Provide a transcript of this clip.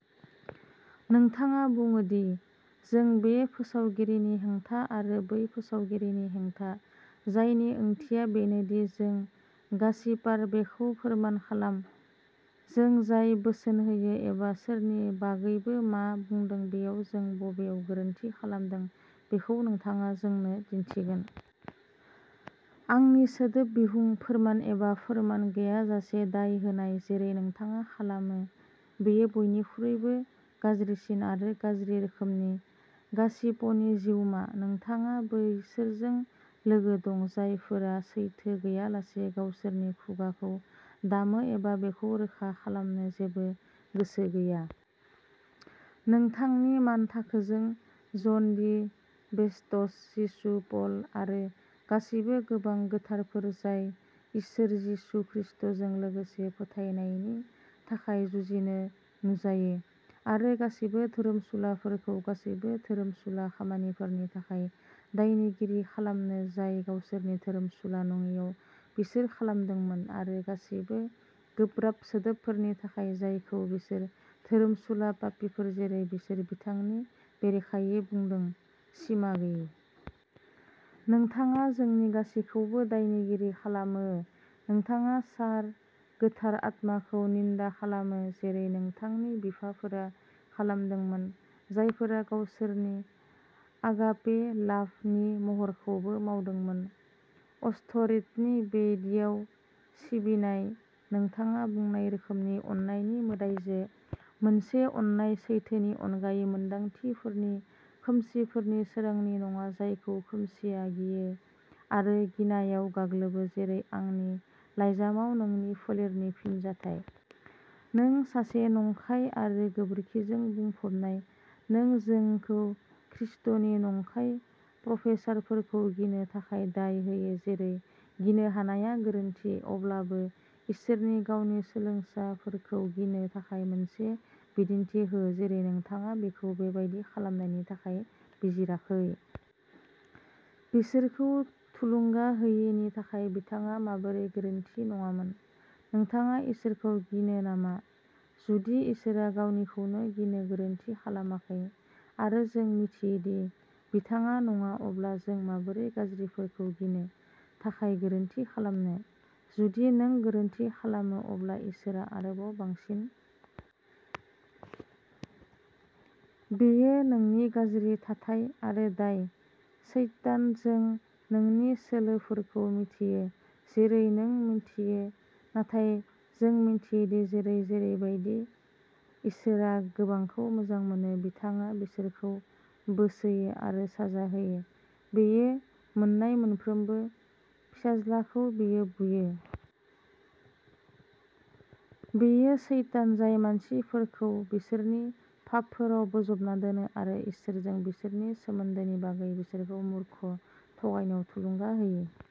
नोंथाङा बुङो दि जों "बे फोसावगिरिनि हेंथा आरो बै फोसावगिरिनि हेंथा", जायनि ओंथिया बेनो दि जों गासिपार। बेखौ फोरमान खालाम। जों जाय बोसोन होयो एबा सोरनि बागैबो मा बुंदों बेयाव जों बबेयाव गोरोन्थि खालामदों बेखौ नोंथाङा जोंनो दिन्थिगोन। आंनि सोदोब बिहुं, फोरमान एबा फोरमान गैयाजासे दाय होनाय, जेरै नोंथाङा खालामो, बेयो बयनिख्रुइबो गाज्रिसिन आरो गाज्रि रोखोमनि गासिपनि जिउमा। नोंथाङा बैसोरजों लोगो दं, जायफोरा सैथो गैयालासे गावसोरनि खुगाखौ दामो एबा बेखौ रोखा खालामनो जेबो गोसो गैया। नोंथांनि मानथाखोजों, जन दि बेप्टिस्ट, जिसु, पल आरो गासिबो गोबां गोथारफोर, जाय इसोर जिसु खृष्टजों लोगोसे फोथायनायनि थाखाय जुजिनो नुजायो "आरो गासिबो धोरोमसुलाफोरखौ गासैबो धोरोमसुला खामानिफोरनि थाखाय दायनिगिरि खालामनो, जाय गावसोरनि धोरोमसुला नङैआव बिसोर खालामदों, आरो गासिबो गोब्राब सोदोबफोरनि थाखाय, जायखौ बिसोरो, धोरोमसुला पापीफोर जेरै बिसोर, बिथांनि बेरेखायै बुंदों" सिमा गैयै। नोंथाङा जोंनि गासिबोखौ दायनिगिरि खालामो। नोंथाङा, सार, गोथार आत्माखौ निन्दा खालामो, जेरै नोंथांनि बिफाफोरा खालामदोंमोन, जायफोरा गावसोरनि "आगापे लाभ" नि महरखौबो मावदोंमोन, अष्टरेथनि बेदियाव सिबिनाय, नोंथाङा बुंनाय रोखोमनि अननायनि मोदाइजो, मोनसे अननाय। सैथोनि अनगायै मोन्दांथिफोरनि, खोमसिफोरनि, सोरांनि नङा, जायखौ खोमसिआ गियो आरो गिनायाव गाग्लोबो, जेरै आंनि लाइजामाव नोंनि फोलेरनि फिनजाथाय। नों सासे नंखाय आरो गोबोरखिजों बुंफबनाय। नों जोंखौ खृष्टनि नंखाय प्रफेसारफोरखौ गिनो थाखाय दाय होयो, जेरै गिनो हानाया गोरोन्थि, अब्लाबो इसोरनि गावनि सोलोंसाफोरखौ गिनो थाखाय मोनसे बिदिन्थि हो, जेरै नोंथाङा बिखौ बेबादि खालामनायनि थाखाय बिजिराखै। बिसोरखौ थुलुंगा होयैनि थाखाय बिथाङा माबोरै गोरोन्थि नङामोन? नोंथाङा इसोरखौ गिनो नामा? जुदि इसोरआ गावनिखौनो गिनो गोरोनथि खालामाखै, आरो जों मिथियो दि बिथाङा नङा, अब्ला जों माबोरै गाज्रिफोरखौ गिनो थाखाय गोरोन्थि खालामो? जुदि जों गोरोन्थि खालामो, अब्ला इसोरआ आरोबाव बांसिन। बेयो नोंनि गाज्रि थाथाय आरो दाय, सैतान। जों नोंनि सोलोफोरखौ मिथियो, जेरै नों मिन्थियो। नाथाय जों मिथियो दि जेरै जेरैबादि इसोरआ गोबांखौ मोजां मोनो, बिथाङा बिसोरखौ बोसोयो आरो साजा होयो। बियो मोन्नाय मोनफ्रोमबो फिसाज्लाखौ बियो बुयो। बेयो सैतान जाय मानसिफोरखौ बिसोरनि पापफोराव बोजबना दोनो आरो इसोरजों बिसोरनि सोमोन्दोनि बागै बिसोरनि मूर्ख थगायनायाव थुलुंगा होयो।